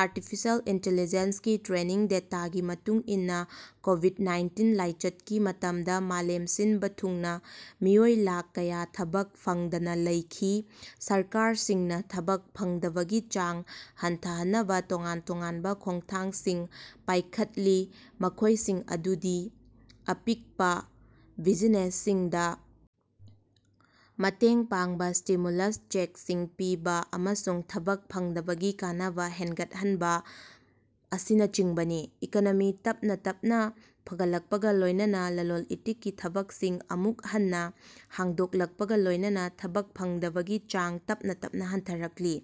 Artificial intelligence ꯀꯤ training ꯗꯦꯇꯥꯒꯤ ꯃꯇꯨꯡ ꯏꯟꯅ ꯀꯣꯕꯤꯗ ꯅꯥꯏꯟꯇꯤꯟ ꯂꯥꯏꯆꯠꯀꯤ ꯃꯇꯝꯗ ꯃꯥꯂꯦꯝ ꯁꯤꯟꯕꯥ ꯊꯨꯡꯅꯥ ꯃꯤꯑꯣꯏ ꯂꯥꯈ ꯀꯌꯥ ꯊꯕꯛ ꯐꯪꯗꯅ ꯂꯩꯈꯤ꯫ ꯁꯔꯀꯥꯔꯁꯤꯡꯅ ꯊꯕꯛ ꯐꯪꯗꯕꯒꯤ ꯆꯥꯡ ꯍꯟꯊꯍꯟꯅꯕ ꯇꯣꯉꯥꯟ ꯇꯣꯉꯥꯟꯕ ꯈꯣꯡꯊꯥꯡꯁꯤꯡ ꯄꯥꯏꯈꯠꯂꯤ, ꯃꯈꯣꯏꯁꯤꯡ ꯑꯗꯨꯗꯤ ꯑꯄꯤꯛꯄ ꯕꯤꯖꯤꯅꯦꯁꯁꯤꯡꯗ ꯃꯇꯦꯡ ꯄꯥꯡꯕ, ꯁ꯭ꯇꯤꯃ꯭ꯌꯨꯂꯁ ꯆꯦꯛꯁꯤꯡ ꯄꯤꯕ, ꯑꯃꯁꯨꯡ ꯊꯕꯛ ꯐꯪꯗꯕꯒꯤ ꯀꯥꯟꯅꯕ ꯍꯦꯟꯒꯠꯍꯟꯕ ꯑꯁꯤꯅꯆꯤꯡꯕꯅꯤ꯫ ꯏꯀꯣꯅꯣꯃꯤ ꯇꯞꯅꯥ ꯇꯞꯅꯥ ꯐꯒꯠꯂꯛꯄꯒ ꯂꯣꯏꯅꯅꯥ ꯂꯂꯣꯟ-ꯏꯇꯤꯛꯀꯤ ꯊꯕꯛꯁꯤꯡ ꯑꯃꯨꯛ ꯍꯟꯅ ꯍꯥꯡꯗꯣꯛꯂꯛꯄꯒ ꯂꯣꯏꯅꯅꯥ ꯊꯕꯛ ꯐꯪꯗꯕꯒꯤ ꯆꯥꯡ ꯇꯞꯅꯥ ꯇꯞꯅꯥ ꯍꯟꯊꯔꯛꯂꯤ,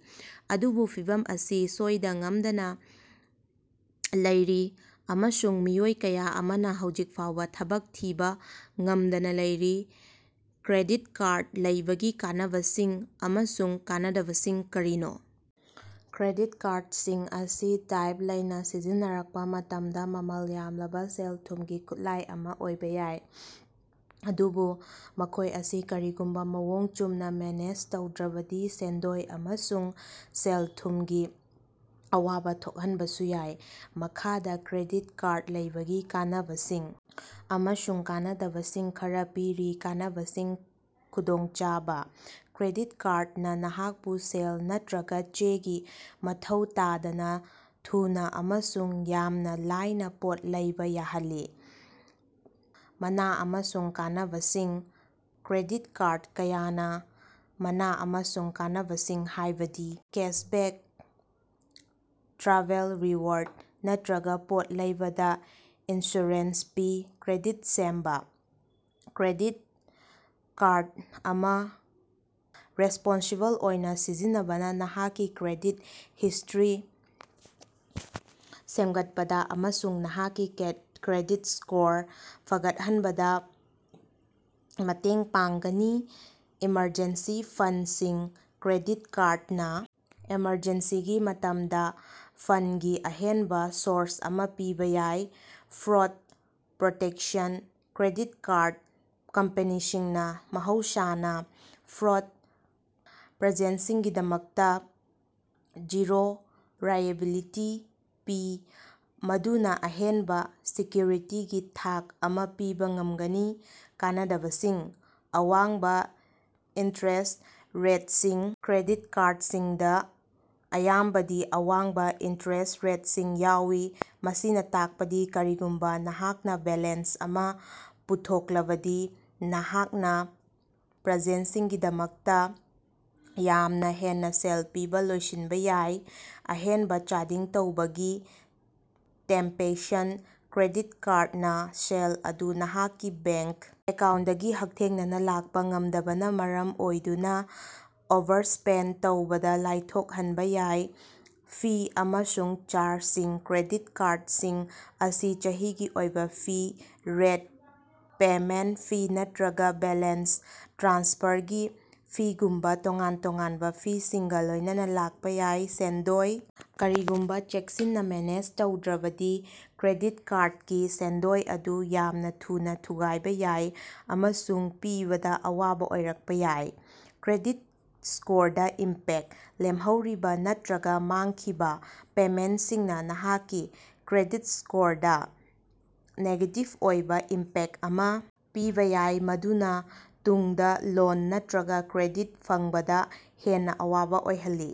ꯑꯗꯨꯕꯨ ꯐꯤꯚꯝ ꯑꯁꯤ ꯁꯣꯏꯗ-ꯉꯥꯝꯗꯅꯥ ꯂꯩꯔꯤ ꯑꯃꯁꯨꯡ ꯃꯤꯑꯣꯏ ꯀꯌꯥ ꯑꯃꯅ ꯍꯧꯖꯤꯛ ꯐꯥꯎꯕ ꯊꯕꯛ ꯊꯤꯕ ꯉꯝꯗꯅ ꯂꯩꯔꯤ꯫ ꯀ꯭ꯔꯦꯗꯤꯠ ꯀꯥꯔꯗ ꯂꯩꯕꯒꯤ ꯀꯥꯟꯅꯕꯁꯤꯡ ꯑꯃꯁꯨꯡ ꯀꯥꯟꯅꯗꯕꯁꯤꯡ ꯀꯔꯤꯅꯣ? ꯀ꯭ꯔꯦꯗꯤꯠ ꯀꯥꯔꯗꯁꯤꯡ ꯑꯁꯤ ꯗꯥꯏꯠꯕ ꯂꯩꯅ ꯁꯤꯖꯤꯟꯅꯔꯛꯄ ꯃꯇꯝꯗ ꯃꯃꯜ ꯌꯥꯝꯂꯕ ꯁꯦꯜ-ꯊꯨꯝꯒꯤ ꯈꯨꯠꯂꯥꯏ ꯑꯃ ꯑꯣꯏꯕ ꯌꯥꯏ, ꯑꯗꯨꯕꯨ ꯃꯈꯣꯏ ꯑꯁꯤ ꯀꯔꯤꯒꯨꯝꯕ ꯃꯑꯣꯡ ꯆꯨꯝꯅ ꯃꯦꯅꯦꯖ ꯇꯧꯗ꯭ꯔꯕꯗꯤ ꯁꯦꯟꯗꯣꯏ ꯑꯃꯁꯨꯡ ꯁꯦꯜ-ꯊꯨꯝꯒꯤ ꯑꯋꯥꯕ ꯊꯣꯛꯍꯟꯕꯁꯨ ꯌꯥꯏ꯫ ꯃꯈꯥꯗ ꯀ꯭ꯔꯦꯗꯤꯠ ꯀꯥꯔꯗ ꯂꯩꯕꯒꯤ ꯀꯥꯟꯅꯕꯁꯤꯡ ꯑꯃꯁꯨꯡ ꯀꯥꯟꯅꯗꯕꯁꯤꯡ ꯈꯔꯥ ꯄꯤꯔꯤ - ꯀꯥꯟꯅꯕꯁꯤꯡ ꯈꯨꯗꯣꯡꯆꯥꯕ - ꯀ꯭ꯔꯦꯗꯤꯠ ꯀꯥꯔꯗꯅꯥ ꯅꯍꯥꯛꯄꯨ ꯁꯦꯜ ꯅꯠꯇꯔꯒ ꯆꯦꯒꯤ ꯃꯊꯧ ꯇꯥꯗꯅꯥ ꯊꯨꯅ ꯑꯃꯁꯨꯡ ꯌꯥꯝꯅ ꯂꯥꯏꯅꯥ ꯄꯣꯠ ꯂꯩꯕ ꯌꯥꯍꯜꯂꯤ꯫ ꯃꯅꯥ ꯑꯃꯁꯨꯡ ꯀꯥꯟꯅꯕꯁꯤꯡ -ꯀ꯭ꯔꯦꯗꯤꯠ ꯀꯥꯔꯗ ꯀꯌꯥꯅ ꯃꯅꯥ ꯑꯃꯁꯨꯡ ꯀꯥꯟꯅꯕꯁꯤꯡ ꯍꯥꯏꯕꯗꯤ ꯀꯦꯁꯕꯦꯛ, ꯇ꯭ꯔꯥꯚꯦꯜ ꯔꯤꯋꯥꯔꯗ, ꯅꯠꯇꯔꯒ ꯄꯣꯠ ꯂꯩꯕꯗ ꯏꯟꯁꯨꯔꯦꯟꯁ ꯄꯤ꯫ ꯀ꯭ꯔꯦꯗꯤꯠ ꯁꯦꯝꯕ - ꯀ꯭ꯔꯦꯗꯤꯠ ꯀꯥꯔꯗ ꯑꯃ ꯔꯦꯁꯄꯣꯟꯁꯤꯕꯜ ꯑꯣꯏꯅ ꯁꯤꯖꯤꯟꯅꯕꯅꯥ ꯅꯍꯥꯛꯀꯤ ꯀ꯭ꯔꯦꯗꯤꯠ ꯍꯤꯁꯇꯔꯤ ꯁꯦꯝꯒꯠꯄꯗ ꯑꯃꯁꯨꯡ ꯅꯍꯥꯛꯀꯤ ꯀ꯭ꯔꯦꯗꯤꯠ ꯁ꯭ꯀꯣꯔ ꯐꯒꯠꯍꯟꯕꯗ ꯃꯇꯦꯡ ꯄꯥꯡꯒꯅꯤ꯫ ꯏꯃꯔꯖꯦꯟꯁꯤ ꯐꯟꯗꯁꯤꯡ - ꯀ꯭ꯔꯦꯗꯤꯠ ꯀꯥꯔꯗꯅꯥ ꯑꯦꯃꯔꯖꯦꯟꯁꯤꯒꯤ ꯃꯇꯝꯗ ꯐꯟꯒꯤ ꯑꯍꯦꯟꯕ ꯁꯣꯔꯁ ꯑꯃ ꯄꯤꯕ ꯌꯥꯏ꯫ ꯐ꯭ꯔꯣꯗ ꯄ꯭ꯔꯣꯇꯦꯛꯁꯟ - ꯀ꯭ꯔꯦꯗꯤꯠ ꯀꯥꯔꯗ ꯀꯝꯄꯅꯤꯁꯤꯡꯅ ꯃꯍꯧꯁꯥꯅ ꯐ꯭ꯔꯣꯗ ꯄꯔꯆꯦꯖꯁꯤꯡꯒꯤꯗꯃꯛꯇ ꯖꯤꯔꯣ ꯂꯥꯏꯑꯦꯕꯤꯂꯤꯇꯤ ꯄꯤ, ꯃꯗꯨꯅ ꯑꯍꯦꯟꯕ ꯁꯦꯀ꯭ꯌꯨꯔꯤꯇꯤꯒꯤ ꯊꯥꯛ ꯑꯃ ꯄꯤꯕ ꯉꯝꯒꯅꯤ꯫ ꯀꯥꯟꯅꯗꯕꯁꯤꯡ - ꯑꯋꯥꯡꯕ ꯏꯟꯇꯔꯦꯁ꯭ꯠ ꯔꯦꯠꯁꯤꯡ - ꯀ꯭ꯔꯦꯗꯤꯠ ꯀꯥꯔꯗꯁꯤꯡꯗ ꯑꯌꯥꯝꯕꯗꯤ ꯑꯋꯥꯡꯕ ꯏꯟꯇꯔꯦꯁ꯭ꯠ ꯔꯦꯠꯁꯤꯡ ꯌꯥꯎꯏ, ꯃꯁꯤꯅ ꯇꯥꯛꯄꯗꯤ ꯀꯔꯤꯒꯨꯝꯕ ꯅꯍꯥꯛꯅ ꯕꯦꯂꯦꯟꯁ ꯑꯃ ꯄꯨꯊꯣꯛꯂꯕꯗꯤ ꯅꯍꯥꯛꯅ ꯄꯔꯆꯦꯖꯁꯤꯡꯒꯤꯗꯃꯛꯇ ꯌꯥꯝꯅ ꯍꯦꯟꯅ ꯁꯦꯜ ꯄꯤꯕ ꯂꯣꯏꯁꯤꯟꯕ ꯌꯥꯏ꯫ ꯑꯍꯦꯟꯕ ꯆꯥꯗꯤꯡ ꯇꯧꯕꯒꯤ ꯇꯦꯝꯄꯦꯁꯟ - ꯀ꯭ꯔꯦꯗꯤꯠ ꯀꯥꯔꯗꯅꯥ ꯁꯦꯜ ꯑꯗꯨ ꯅꯍꯥꯛꯀꯤ ꯕꯦ꯭ꯡꯀ ꯑꯦꯀꯥꯎ꯭ꯟꯠꯇꯒꯤ ꯍꯛꯊꯦꯡꯅꯅꯥ ꯂꯥꯛꯄ ꯉꯝꯗꯕꯅꯥ ꯃꯔꯝ ꯑꯣꯏꯗꯨꯅ ꯑꯣꯚꯔꯁ꯭ꯄꯦꯟꯗ ꯇꯧꯕꯗ ꯂꯥꯏꯊꯣꯛꯍꯟꯕ ꯌꯥꯏ꯫ ꯐꯤ ꯑꯃꯁꯨꯡ ꯆꯥꯔꯖꯁꯤꯡ - ꯀ꯭ꯔꯦꯗꯤꯠ ꯀꯥꯔꯗꯁꯤꯡ ꯑꯁꯤ ꯆꯍꯤꯒꯤ ꯑꯣꯏꯕ ꯐꯤ, ꯂꯦꯠ ꯄꯦꯃꯦꯟꯇ ꯐꯤ ꯅꯠꯇꯔꯒ ꯕꯦꯂꯦꯟꯁ ꯇ꯭ꯔꯥꯟꯁꯐꯔꯒꯤ ꯐꯤꯒꯨꯝꯕ ꯇꯣꯉꯥꯟ-ꯇꯣꯉꯥꯟꯕ ꯐꯤꯁꯤꯡꯒ ꯂꯣꯏꯅꯅꯥ ꯂꯥꯛꯄ ꯌꯥꯏ꯫ ꯁꯦꯟꯗꯣꯏ - ꯀꯔꯤꯒꯨꯝꯕ ꯆꯦꯛꯁꯤꯟꯅ ꯃꯦꯅꯦꯖ ꯇꯧꯗ꯭ꯔꯕꯗꯤ, ꯀ꯭ꯔꯦꯗꯤꯠ ꯀꯥꯔꯗꯀꯤ ꯁꯦꯟꯗꯣꯏ ꯑꯗꯨ ꯌꯥꯝꯅ ꯊꯨꯅ ꯊꯨꯒꯥꯏꯕ ꯌꯥꯏ ꯑꯃꯁꯨꯡ ꯄꯤꯕꯗ ꯑꯋꯥꯕ ꯑꯣꯏꯔꯛꯄ ꯌꯥꯏ꯫ ꯀ꯭ꯔꯦꯗꯤꯠ ꯁ꯭ꯀꯣꯔꯗꯥ ꯏꯝꯄꯦꯛꯇ - ꯂꯦꯝꯍꯧꯔꯤꯕ ꯅꯠꯇꯔꯒ ꯃꯥꯡꯈꯤꯕ ꯄꯦꯃꯦꯟꯇꯁꯤꯡꯅ ꯅꯍꯥꯛꯀꯤ ꯀ꯭ꯔꯦꯗꯤꯠ ꯁ꯭ꯀꯣꯔꯗꯥ ꯅꯦꯒꯦꯇꯤꯚ ꯑꯣꯏꯕ ꯏꯝꯄꯦꯛꯇ ꯑꯃ ꯄꯤꯕ ꯌꯥꯏ, ꯃꯗꯨꯅ ꯇꯨꯡꯗ ꯂꯣꯟ ꯅꯠꯇꯔꯒ ꯀ꯭ꯔꯦꯗꯤꯠ ꯐꯪꯕꯗꯥ ꯍꯦꯟꯅ ꯑꯋꯥꯕ ꯑꯣꯏꯍꯜꯂꯤ꯫